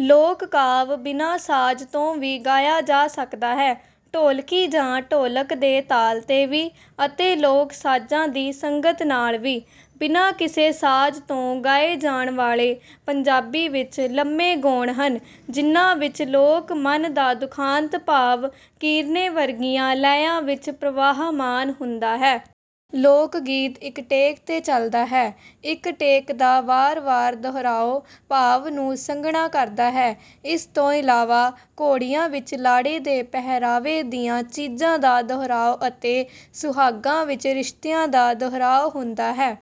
ਲੋਕ ਕਾਵਿ ਬਿਨਾਂ ਸਾਜ਼ ਤੋਂ ਵੀ ਗਾਇਆ ਜਾ ਸਕਦਾ ਹੈ। ਢੋਲਕੀ ਜਾਂ ਢੋਲਕ ਦੇ ਤਾਲ ਤੇ ਵੀ ਅਤੇ ਲੋਕ ਸਾਜ਼ਾਂ ਦੀ ਸੰਗਤ ਨਾਲ ਵੀ। ਬਿਨਾਂ ਕਿਸੇ ਸਾਜ਼ ਤੋਂ ਗਾਏ ਜਾਣ ਵਾਲੇ ਪੰਜਾਬੀ ਵਿੱਚ ਲੰਮੇ ਗਾਉਣ ਹਨ ਜਿਨ੍ਹਾਂ ਵਿੱਚ ਲੋਕ ਮਨ ਦਾ ਦੁਖਾਂਤ-ਭਾਵ ਕੀਰਨੇ ਵਰਗੀਆਂ ਲੈਆਂ ਵਿੱਚ ਪ੍ਰਵਾਹਮਾਨ ਹੁੰਦਾ ਹੈ। ਲੋਕ ਗੀਤ ਇੱਕ ਟੇਕ ਤੇ ਚਲਦਾ ਹੈ, ਇੱਕ ਟੇਕ ਦਾ ਵਾਰ ਵਾਰ ਦਹਰਾਉ ਭਾਵ ਨੂੰ ਸੰਘਣਾ ਕਰਦਾ ਹੈ। ਇਸ ਤੋਂ ਇਲਾਵਾ ਘੋੜੀਆਂ ਵਿੱਚ ਲਾੜੇ ਦੇ ਪਹਿਰਾਵੇ ਦੀਆਂ ਚੀਜ਼ਾਂ ਦਾ ਦੁਹਰਾਉ ਅਤੇ ਸੁਹਾਗਾਂ ਵਿੱਚ ਰਿਸ਼ਤਿਆਂ ਦਾ ਦੁਹਰਾਉ ਹੁੰਦਾ ਹੈ।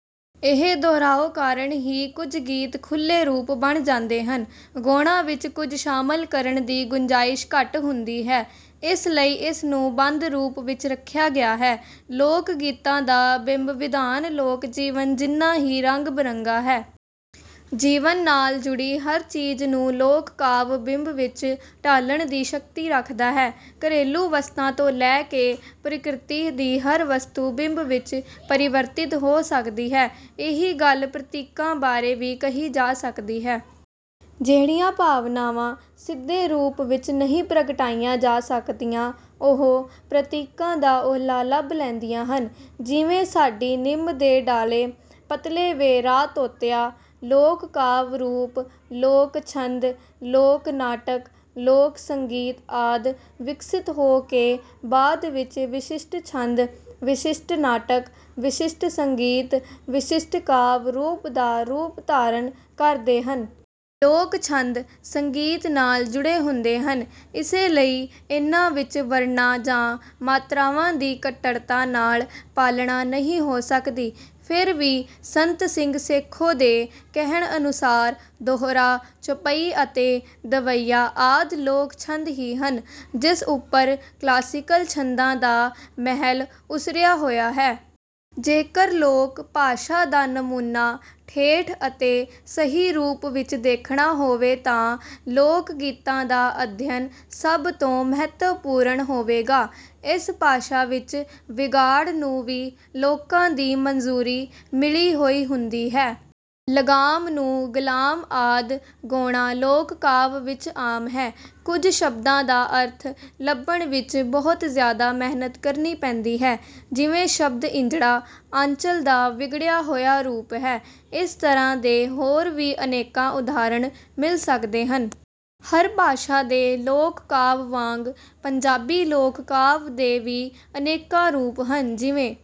ਇਹ ਦੁਹਰਾਉ ਕਾਰਣ ਹੀ ਕੁਝ ਗੀਤ ਖੁੱਲੇ ਰੂਪ ਬਣ ਜਾਂਦੇ ਹਨ। ਗਾਉਣਾਂ ਵਿੱਚ ਕੁਝ ਸ਼ਾਮਿਲ ਕਰਨ ਦੀ ਗੁੰਜ਼ਾਇਸ਼ ਘੱਟ ਹੁੰਦੀ ਹੈ। ਇਸ ਲਈ ਇਸ ਨੂੰ ਬੰਦ ਰੂਪ ਵਿੱਚ ਰੱਖਿਆ ਗਿਆ ਹੈ। ਲੋਕ ਗੀਤਾਂ ਦਾ ਬਿੰਬ ਵਿਧਾਨ ਲੋਕ ਜੀਵਨ ਜਿੰਨਾਂ ਹੀ ਰੰਗ ਬਰੰਗਾ ਹੈ। ਜੀਵਨ ਨਾਲ ਜੁੜੀ ਹਰ ਚੀਜ਼ ਨੂੰ ਲੋਕ ਕਾਵਿ ਬਿੰਬ ਵਿੱਚ ਢਾਲਣ ਦੀ ਸ਼ਕਤੀ ਰੱਖਦਾ ਹੈ। ਘਰੇਲੂ ਵਸਤਾਂ ਤੋਂ ਲੈ ਕੇ ਪ੍ਰਕਿਰਤੀ ਦੀ ਹਰ ਵਸਤੂ ਬਿੰਬ ਵਿੱਚ ਪਰਿਵਰਤਿਤ ਹੋ ਸਕਦੀ ਹੈ। ਇਹੀ ਗੱਲ ਪ੍ਰਤੀਕਾਂ ਬਾਰੇ ਵੀ ਕਹੀ ਜਾ ਸਕਦੀ ਹੈ। ਜਿਹੜੀਆਂ ਭਾਵਨਾਵਾਂ ਸਿੱਧੇ ਰੂਪ ਵਿੱਚ ਨਹੀਂ ਪ੍ਰਗਟਾਈਆਂ ਜਾ ਸਕਦੀਆਂ ਉਹ ਪ੍ਰਤੀਕਾਂ ਦਾ ਉਹਲਾ ਲੱਭ ਲੈਂਦੀਆਂ ਹਨ। ਜਿਵੇਂ, ਸਾਡੀ ਨਿੰਮ ਦੇ ਡਾਅਲ਼ੇ ਪਤਲੇ ਵੇ ਰਾਅ ਤੋਤਿਆ। ਲੋਕ ਕਾਵਿ ਰੂਪ, ਲੋਕ ਛੰਦ, ਲੋਕ ਨਾਟਕ, ਲੋਕ ਸੰਗੀਤ ਆਦਿ ਵਿਕਸਤ ਹੋ ਕੇ ਬਾਦ ਵਿੱਚ ਵਿਸ਼ਿਸ਼ਟ ਛੰਦ, ਵਿਸ਼ਿਸ਼ਟ ਨਾਟਕ, ਵਿਸ਼ਸ਼ਟ ਸੰਗੀਤ ਅਤੇ ਵਿਸ਼ਿਸ਼ਟ ਕਾਵਿ ਰੂਪ ਦਾ ਰੂਪ ਧਾਰਨ ਕਰਦੇ ਹਨ। ਲੋਕ ਛੰਦ, ਸੰਗੀਤ ਨਾਲ਼ ਜੁੜੇ ਹੁੰਦੇ ਹਨ ਇਸੇ ਲਈ ਇਨ੍ਹਾਂ ਵਿੱਚ ਵਰਣਾਂ ਜਾਂ ਮਾਤਰਾਵਾਂ ਦੀ ਕੱਟੜਤਾ ਨਾਲ ਪਾਲਣਾ ਨਹੀਂ ਹੋ ਸਕਦੀ। ਫਿਰ ਵੀ ਸੰਤ ਸਿੰਘ ਸੇਖੋਂ ਦੇ ਕਹਿਣ ਅਨੁਸਾਰ ਦੋਹਰਾ, ਚੌਪਈ ਅਤੇ ਦਵੱਈਆ ਆਦਿ ਲੋਕ ਛੰਦ ਹੀ ਹਨ ਜਿਸ ਉਪਰ ਕਲਾਸੀਕਲ ਛੰਦਾਂ ਦਾ ਮਹਿਲ ਉਸਰਿਆ ਹੋਇਆ ਹੈ। ਜੇਕਰ ਲੋਕ ਭਾਸ਼ਾ ਦਾ ਨਮੂਨਾ ਠੇਠ ਅਤੇ ਸਹੀ ਰੂਪ ਵਿੱਚ ਦੇਖਣਾ ਹੋਵੇ ਤਾਂ ਲੋਕਗੀਤਾਂ ਦਾ ਅਧਿਐਨ ਸਭ ਤੋਂ ਮਹੱਤਵਪੂਰਣ ਹੋਵੇਗਾ। ਇਸ ਭਾਸ਼ਾ ਵਿੱਚ ਵਿਗਾੜ ਨੂੰ ਵੀ ਲੋਕਾਂ ਦੀ ਮਨਜ਼ੂਰੀ ਮਿਲੀ ਹੋਈ ਹੁੰਦੀ ਹੈ। ਲਗਾਮ ਨੂੰ ਗਲਾਮ ਆਦਿ ਗਾਉਣਾ ਲੋਕ ਕਾਵਿ ਵਿੱਚ ਆਮ ਹੈ। ਕੁਝ ਸ਼ਬਦਾਂ ਦਾ ਅਰਥ ਲੱਭਣ ਵਿੱਚ ਬਹੁਤ ਜ਼ਿਆਦਾ ਮਿਹਨਤ ਕਰਨੀ ਪੈਂਦੀ ਹੈ। ਜਿਵੇਂ ਸ਼ਬਦ ਇੰਜੜਾ, ਆਂਚਲ ਦਾ ਵਿਗੜਿਆ ਹੋਇਆ ਰੂਪ ਹੈ ਇਸ ਤਰ੍ਹਾਂ ਦੇ ਹੋਰ ਵੀ ਅਨੇਕਾਂ ਉਦਾਹਰਣ ਮਿਲ ਸਕਦੇ ਹਨ। ਹਰ ਭਾਸ਼ਾ ਦੇ ਲੋਕ ਕਾਵਿ ਵਾਂਗ ਪੰਜਾਬੀ ਲੋਕ ਕਾਵਿ ਦੇ ਵੀ ਅਨੇਕਾਂ ਰੂਪ ਹਨ ਜਿਵੇਂ